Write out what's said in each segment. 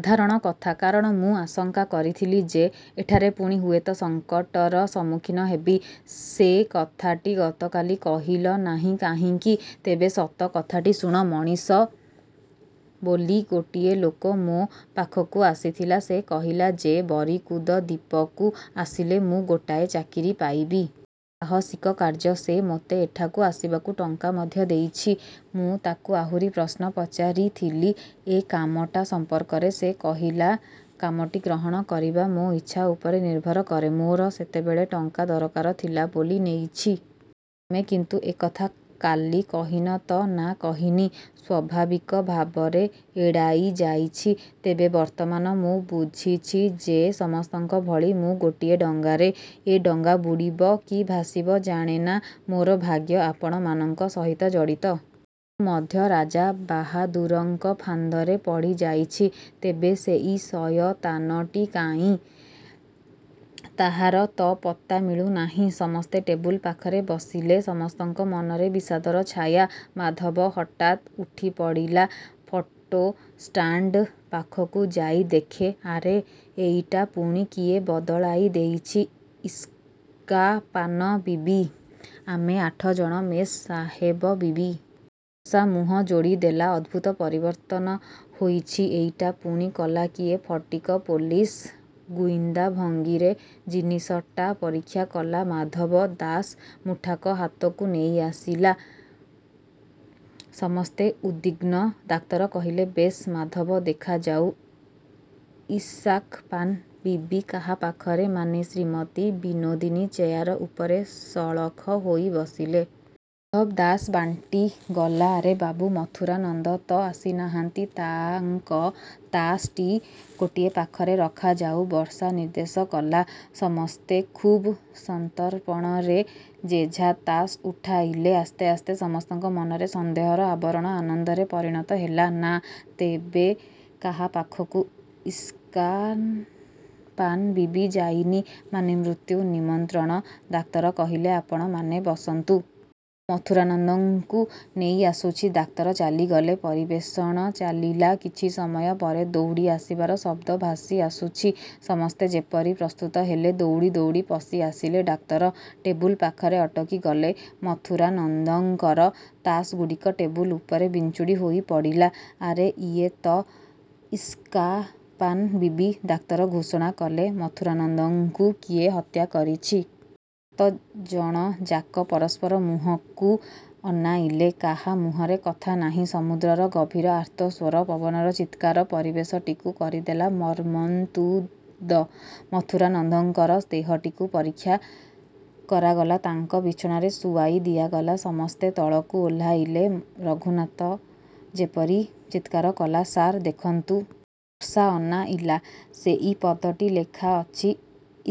ସାଧାରଣ କଥା। କାରଣ ମୁଁ ଆଶଙ୍କା କରିଥିଲି ଯେ ଏଠାରେ ପୁଣି ହୁଏତ ସଙ୍କଟର ସମ୍ମୁଖୀନ ହେବି। ସେ କଥାଟି ଗତକାଲି କହିଲ ନାହିଁ କାହିଁକି? ତେବେ ସତ କଥାଟି ଶୁଣ। ମଣିସ ବୋଲି ଗୋଟିଏ ଲୋକ ମୋ ପାଖକୁ ଆସିଥିଲା। ସେ କହିଲା ଯେ ବରିକୁଦ ଦ୍ଵୀପକୁ ଆସିଲେ ମୁଁ ଗୋଟାଏ ଚାକିରି ପାଇବି। ସାହସିକ କାର୍ଯ୍ୟ। ସେ ମୋତେ ଏଠାକୁ ଆସିବାକୁ ଟଙ୍କା ମଧ୍ୟ ଦେଇଛି। ମୁଁ ତାକୁ ଆହୁରି ପ୍ରଶ୍ନ ପଚାରିଥିଲି ଏ କାମଟା ସମ୍ପର୍କରେ। ସେ କହିଲା, କାମଟି ଗ୍ରହଣ କରିବା ମୋ ଇଚ୍ଛା ଉପରେ ନିର୍ଭର କରେ। ମୋର ସେତେବେଳେ ଟଙ୍କା ଦରକାର ଥିଲା ବୋଲି ନେଇଛି। ତମେ କିନ୍ତୁ ଏ କଥା କାଲି କହିନ ତ? ନା, କହିନି। ସ୍ୱାଭାବିକ ଭାବରେ ଏଡ଼ାଇଯାଇଛି। ତେବେ ବର୍ତ୍ତମାନ ମୁଁ ବୁଝିଛି ଯେ ସମସ୍ତଙ୍କ ଭଳି ମୁଁ ଗୋଟିଏ ଡଙ୍ଗାରେ। ଏ ଡଙ୍ଗା ବୁଡ଼ିବ କି ଭାସିବ ଜାଣେନା। ମୋର ଭାଗ୍ୟ ଆପଣମାନଙ୍କ ସହିତ ଜଡ଼ିତ। ମୁଁ ମଧ୍ୟ ରାଜାବାହାଦୁରଙ୍କ ଫାନ୍ଦରେ ପଡ଼ିଯାଇଛି। ତେବେ ସେଇ ଶୟତାନଟି କାହିଁ? ତାହାର ତ ପତ୍ତା ମିଳୁନାହିଁ। ସମସ୍ତେ ଟେବୁଲ ପାଖରେ ବସିଲେ। ସମସ୍ତଙ୍କ ମନରେ ବିଷାଦର ଛାୟା। ମାଧବ ହଠାତ୍ ଉଠିପଡ଼ିଲା। ଫଟୋ ଷ୍ଟାଣ୍ଡ ପାଖକୁ ଯାଇ ଦେଖେ, ଆରେ ଏଇଟା ପୁଣି କିଏ ବଦଳାଇଦେଇଛି, ଇସ୍କାପାନ ବିବି, ଆମେ ଆଠ ଜଣ ମେମ୍ ସାହେବ ବିବି। ବର୍ଷା ମୁହଁ ଯୋଡ଼ିଦେଲା, ଅଦ୍ଭୁତ ପରିବର୍ତ୍ତନ ହୋଇଛି। ଏଇଟା ପୁଣି କଲା କିଏ? ଫଟିକ୍ ପୋଲିସ ଗୁଇନ୍ଦା ଭଙ୍ଗୀରେ ଜିନିଷଟା ପରୀକ୍ଷା କଲା। ମାଧବ ତାସ୍ ମୁଠାକ ହାତକୁ ନେଇଆସିଲା। ସମସ୍ତେ ଉଦ୍ବିଗ୍ନ। ଡାକ୍ତର କହିଲେ, ବେଶ୍, ମାଧବ, ଦେଖାଯାଉ ଇସ୍କାପାନ ବିବି କାହା ପାଖରେ, ମାନେ ଶ୍ରୀମତୀ ବିନୋଦିନୀ ଚେୟାର ଉପରେ ସଳଖ ହୋଇ ବସିଲେ। ମାଧବ ତାସ୍ ବାଣ୍ଟିଗଲା, ଆରେ ବାବୁ, ମଥୁରାନନ୍ଦ ତ ଆସିନାହାନ୍ତି। ତାଙ୍କ ତାସ୍ ଟି ଗୋଟିଏ ପାଖରେ ରଖାଯାଉ, ବର୍ଷା ନିର୍ଦ୍ଦେଶ କଲା। ସମସ୍ତେ ଖୁବ୍ ସନ୍ତର୍ପଣରେ ଯେଝା ତାସ୍ ଉଠାଇଲେ। ଆସ୍ତେ ଆସ୍ତେ ସମସ୍ତଙ୍କ ମନରେ ସନ୍ଦେହର ଆବରଣ ଆନନ୍ଦରେ ପରିଣତ ହେଲା। ନା, ତେବେ କାହା ପାଖକୁ ଇସ୍କାପାନ ବିବି ଯାଇନି, ମାନେ ମୃତ୍ୟୁ ନିମନ୍ତ୍ରଣ, ଡାକ୍ତର କହିଲେ, ଆପଣମାନେ ବସନ୍ତୁ। ମୁଁ ମଥୁରାନନ୍ଦଙ୍କୁ ନେଇଆସୁଛି। ଡାକ୍ତର ଚାଲିଗଲେ। ପରିବେଷଣ ଚାଲିଲା। କିଛି ସମୟ ପରେ ଦୌଡ଼ିଆସିବାର ଶବ୍ଦ ଭାସିଆସୁଛି। ସମସ୍ତେ ଯେପରି ପ୍ରସ୍ତୁତ ହେଲେ। ଦୌଡ଼ି ଦୌଡ଼ି ପଶିଆସିଲେ ଡାକ୍ତର। ଟେବୁଲ ପାଖରେ ଅଟକିଗଲେ। ମଥୁରାନନ୍ଦଙ୍କର ତାସ୍ ଗୁଡ଼ିକ ଟେବୁଲ ଉପରେ ବିଞ୍ଚୁଡ଼ି ହୋଇ ପଡ଼ିଲା। ଆରେ, ଏଇ ତ ଇସ୍କାପାନ ବିବି ଡାକ୍ତର ଘୋଷଣା କଲେ, ମଥୁରାନନ୍ଦଙ୍କୁ କିଏ ହତ୍ୟା କରିଛି। ସାତ ଜଣଯାକ ପରସ୍ପର ମୁହଁକୁ ଅନାଇଲେ। କାହା ମୁହଁରେ କଥା ନାହିଁ। ସମୁଦ୍ରର ଗଭୀର ଆର୍ତ୍ତସ୍ୱର, ପବନର ଚିତ୍କାର ପରିବେଶଟିକୁ କରିଦେଲା ମର୍ମନ୍ତୁଦ। ମଥୁରାନନ୍ଦଙ୍କର ଦେହଟିକୁ ପରୀକ୍ଷା କରାଗଲା। ତାଙ୍କ ବିଛଣାରେ ଶୁଆଇଦିଆଗଲା। ସମସ୍ତେ ତଳକୁ ଓହ୍ଲାଇଲେ। ରଘୁନାଥ ଯେପରି ଚିତ୍କାର କଲା, ସାର୍, ଦେଖନ୍ତୁ। ବର୍ଷା ଅନାଇଲା। ସେଇ ପଦଟି ଲେଖାଅଛି,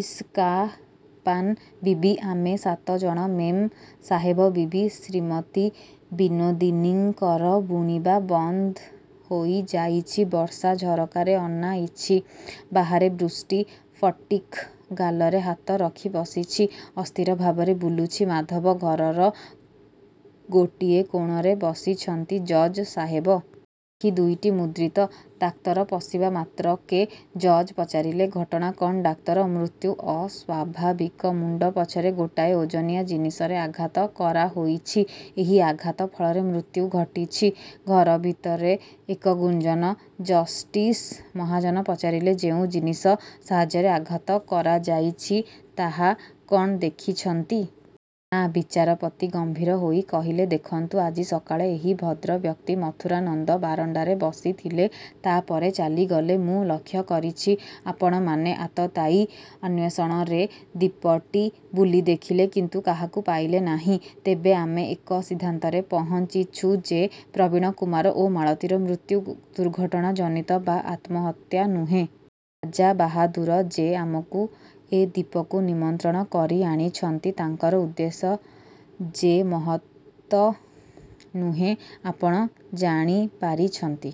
ଇସ୍କାପାନ ବିବି, ଆମେ ସାତ ଜଣ ମେମ୍ ସାହେବ ବିବି। ଶ୍ରୀମତୀ ବିନୋଦିନୀଙ୍କର ବୁଣିବା ବନ୍ଦ ହୋଇଯାଇଛି। ବର୍ଷା ଝରକାରେ ଅନାଇଛି। ବାହାରେ ବୃଷ୍ଟି। ଫଟିକ୍ ଗାଲରେ ହାତ ରଖି ବସିଛି। ଅସ୍ଥିର ଭାବରେ ବୁଲୁଛି ମାଧବ। ଘରର ଗୋଟିଏ କୋଣରେ ବସିଛନ୍ତି ଜଜ୍ ସାହେବ। ଆଖି ଦୁଇଟି ମୁଦ୍ରିତ। ଡାକ୍ତର ପଶିବାମାତ୍ରକେ ଜଜ୍ ପଚାରିଲେ, ଘଟଣା କ'ଣ ଡାକ୍ତର? ମୃତ୍ୟୁ ଅସ୍ଵାଭାବିକ। ମୁଣ୍ଡ ପଛରେ ଗୋଟାଏ ଓଜନିଆ ଜିନିଷରେ ଆଘାତ କରାହୋଇଛି। ଏହି ଆଘାତ ଫଳରେ ମୃତ୍ୟୁ ଘଟିଛି। ଘର ଭିତରେ ଏକ ଗୁଞ୍ଜନ। ଜଷ୍ଟିସ୍ ମହାଜନ ପଚାରିଲେ, ଯେଉଁ ଜିନିଷ ସାହାଯ୍ୟରେ ଆଘାତ କରାଯାଇଛି, ତାହା କ'ଣ ଦେଖିଛନ୍ତି? ନା! ବିଚାରପତି ଗମ୍ଭୀର ହୋଇ କହିଲେ, ଦେଖନ୍ତୁ, ଆଜି ସକାଳେ ଏହି ଭଦ୍ରବ୍ୟକ୍ତି ମଥୁରାନନ୍ଦ ବାରଣ୍ଡାରେ ବସିଥିଲେ। ତା ପରେ ଚାଲିଗଲେ। ମୁଁ ଲକ୍ଷ୍ୟ କରିଛି, ଆପଣମାନେ ଆତତାୟୀ ଅନ୍ୱେଷଣରେ ଦ୍ଵୀପଟି ବୁଲି ଦେଖିଲେ, କିନ୍ତୁ କାହାକୁ ପାଇଲେ ନାହିଁ। ତେବେ ଆମେ ଏକ ସିଦ୍ଧାନ୍ତରେ ପହଞ୍ଚିଛୁ ଯେ ପ୍ରବୀଣକୁମାର ଓ ମାଳତୀର ମୃତ୍ୟୁ ଦୁର୍ଘଟଣାଜନିତ ବା ଆତ୍ମହତ୍ୟା ନୁହେଁ। ରାଜାବାହାଦୁର, ଯେ ଆମକୁ ଏ ଦ୍ୱୀପକୁ ନିମନ୍ତ୍ରଣ କରି ଆଣିଛନ୍ତି, ତାଙ୍କର ଉଦ୍ଦେଶ୍ୟ ଯେ ମହତ ନୁହେଁ ଆପଣ ଜାଣିପାରିଛନ୍ତି।